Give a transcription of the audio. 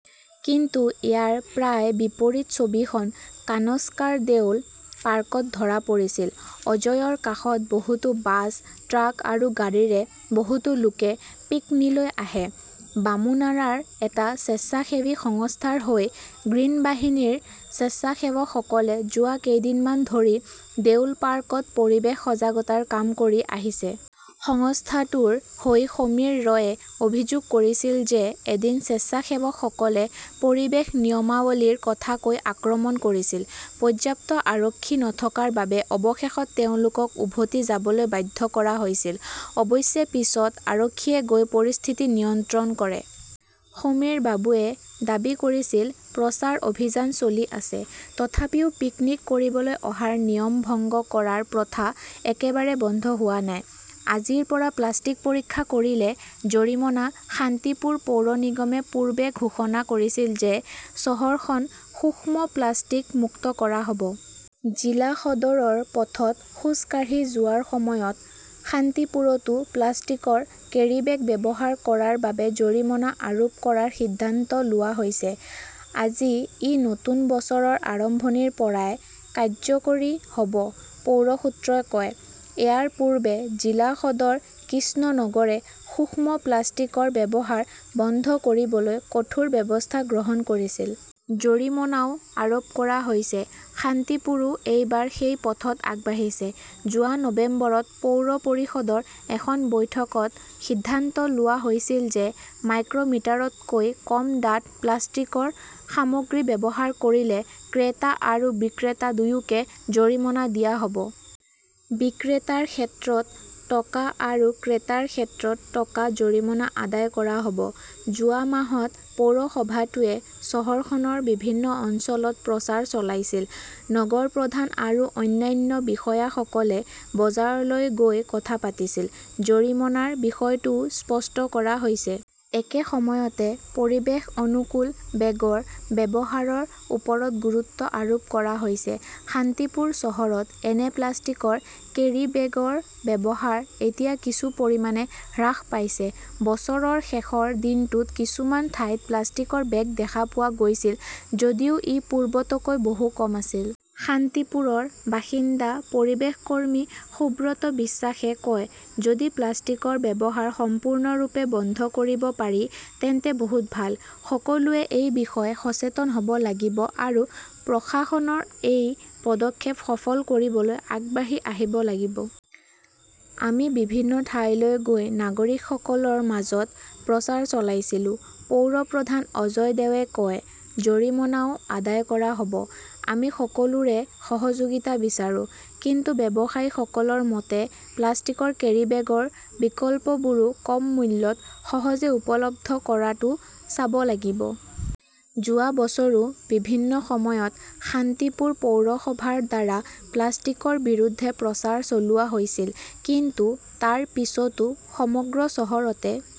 কিন্তু ইয়াৰ প্ৰায় বিপৰীত ছবিখন কানক্সাৰ দেউল পাৰ্কত ধৰা পৰিছিল। অজয়ৰ কাষত বহুতো বাছ, ট্ৰাক আৰু গাড়ীৰে বহুতো লোকে পিকনীলৈ আহে। বামুনাৰাৰ এটা স্বেচ্ছাসেৱী সংস্থাৰ হৈ 'গ্ৰীণ বাহিনী "ৰ স্বেচ্ছাসেৱকসকলে যোৱা কেইদিনমান ধৰি দেউল পাৰ্কত পৰিৱেশ সজাগতাৰ কাম কৰি আহিছে। সংস্থাটোৰ হৈ সমীৰ ৰয়ে অভিযোগ কৰিছিল যে এদিন স্বেচ্ছাসেৱকসকলে পৰিৱেশ নিয়মাৱলীৰ কথা কৈ আক্ৰমণ কৰিছিল। পৰ্যাপ্ত আৰক্ষী নথকাৰ বাবে অৱশেষত তেওঁলোকক উভতি যাবলৈ বাধ্য কৰা হৈছিল। অৱশ্যে পিছত আৰক্ষীয়ে গৈ পৰিস্থিতি নিয়ন্ত্ৰণ কৰে। সমীৰ বাবুৱে দাবী কৰিছিল, "প্ৰচাৰ অভিযান চলি আছে। তথাপিও, পিকনিক কৰিবলৈ অহাৰ নিয়ম ভংগ কৰাৰ প্ৰথা একেবাৰে বন্ধ হোৱা নাই। "। আজিৰ পৰা প্লাষ্টিক পৰীক্ষা কৰিলে জৰিমনা শান্তিপুৰ পৌৰ নিগমে পূৰ্বে ঘোষণা কৰিছিল যে চহৰখন সূক্ষ্ম প্লাষ্টিক মুক্ত কৰা হ 'ব। জিলা সদৰৰ পথত খোজ কাঢ়ি যোৱাৰ সময়ত শান্তিপুৰতো প্লাষ্টিকৰ কেৰীবেগ ব্যৱহাৰ কৰাৰ বাবে জৰিমনা আৰোপ কৰাৰ সিদ্ধান্ত লোৱা হৈছে। আজি, ই নতুন বছৰৰ আৰম্ভণিৰ পৰাই কাৰ্যকৰী হ 'ব, পৌৰ সূত্ৰই কয়। ইয়াৰ পূৰ্বে জিলা সদৰ কৃষ্ণনগৰে সূক্ষ্ম প্লাষ্টিকৰ ব্যৱহাৰ বন্ধ কৰিবলৈ কঠোৰ ব্যৱস্থা গ্ৰহণ কৰিছিল। জৰিমনাও আৰোপ কৰা হৈছে। শান্তিপুৰো এইবাৰ সেই পথত আগবাঢ়িছে। যোৱা নৱেম্বৰত পৌৰ পৰিষদৰ এখন বৈঠকত সিদ্ধান্ত লোৱা হৈছিল যে মাইক্ৰ "মিটাৰতকৈ কম ডাঠ প্লাষ্টিকৰ সামগ্ৰী ব্যৱহাৰ কৰিলে ক্ৰেতা আৰু বিক্ৰেতা দুয়োকে জৰিমনা দিয়া হ" ব। বিক্ৰেতাৰ ক্ষেত্ৰত টকা আৰু ক্ৰেতাৰ ক্ষেত্ৰত টকা জৰিমনা আদায় কৰা হ "ব। যোৱা মাহত পৌৰসভাটোৱে চহৰখনৰ বিভিন্ন অঞ্চলত প্ৰচাৰ চলাইছিল। নগৰ প্ৰধান আৰু অন্যান্য বিষয়াসকলে বজাৰলৈ গৈ কথা পাতিছিল। জৰিমনাৰ বিষয়টোও স্পষ্ট কৰা হৈছে। একে সময়তে, পৰিৱেশ-অনুকূল বেগৰ ব্যৱহাৰৰ ওপৰত গুৰুত্ব আৰোপ কৰা হৈছে। শান্তিপুৰ চহৰত এনে প্লাষ্টিকৰ কেৰিব্যাগৰ ব্যৱহাৰ এতিয়া কিছু পৰিমাণে হ্ৰাস পাইছে। বছৰৰ শেষৰ দিনটোত কিছুমান ঠাইত প্লাষ্টিকৰ বেগ দেখা পোৱা গৈছিল যদিও ই পূৰ্বতকৈ বহু কম আছিল। শান্তিপুৰৰ বাসিন্দা পৰিৱেশ কৰ্মী সুব্ৰত বিশ্বাসে কয়, "যদি প্লাষ্টিকৰ ব্যৱহাৰ সম্পূৰ্ণৰূপে বন্ধ কৰিব পাৰি তেন্তে বহুত ভাল। সকলোৱে এই বিষয়ে সচেতন হ "ব লাগিব আৰু প্ৰশাসনৰ এই পদক্ষেপ সফল কৰিবলৈ আগবাঢ়ি আহিব লাগিব। "আমি বিভিন্ন ঠাইলৈ গৈ নাগৰিকসকলৰ মাজত প্ৰচাৰ চলাইছিলো", পৌৰ প্ৰধান অজয় দেয়ে কয়। জৰিমনাও আদায় কৰা হ "ব। আমি সকলোৰে সহযোগিতা বিচাৰো। "কিন্তু ব্যৱসায়ীসকলৰ মতে, প্লাষ্টিকৰ কেৰিব্যাগৰ বিকল্পবোৰো কম মূল্যত সহজে উপলব্ধ কৰাটো চাব লাগিব। যোৱা বছৰো বিভিন্ন সময়ত শান্তিপুৰ পৌৰসভাৰ দ্বাৰা প্লাষ্টিকৰ বিৰুদ্ধে প্ৰচাৰ চলোৱা হৈছিল। কিন্তু তাৰ পিছতো সমগ্ৰ চহৰতে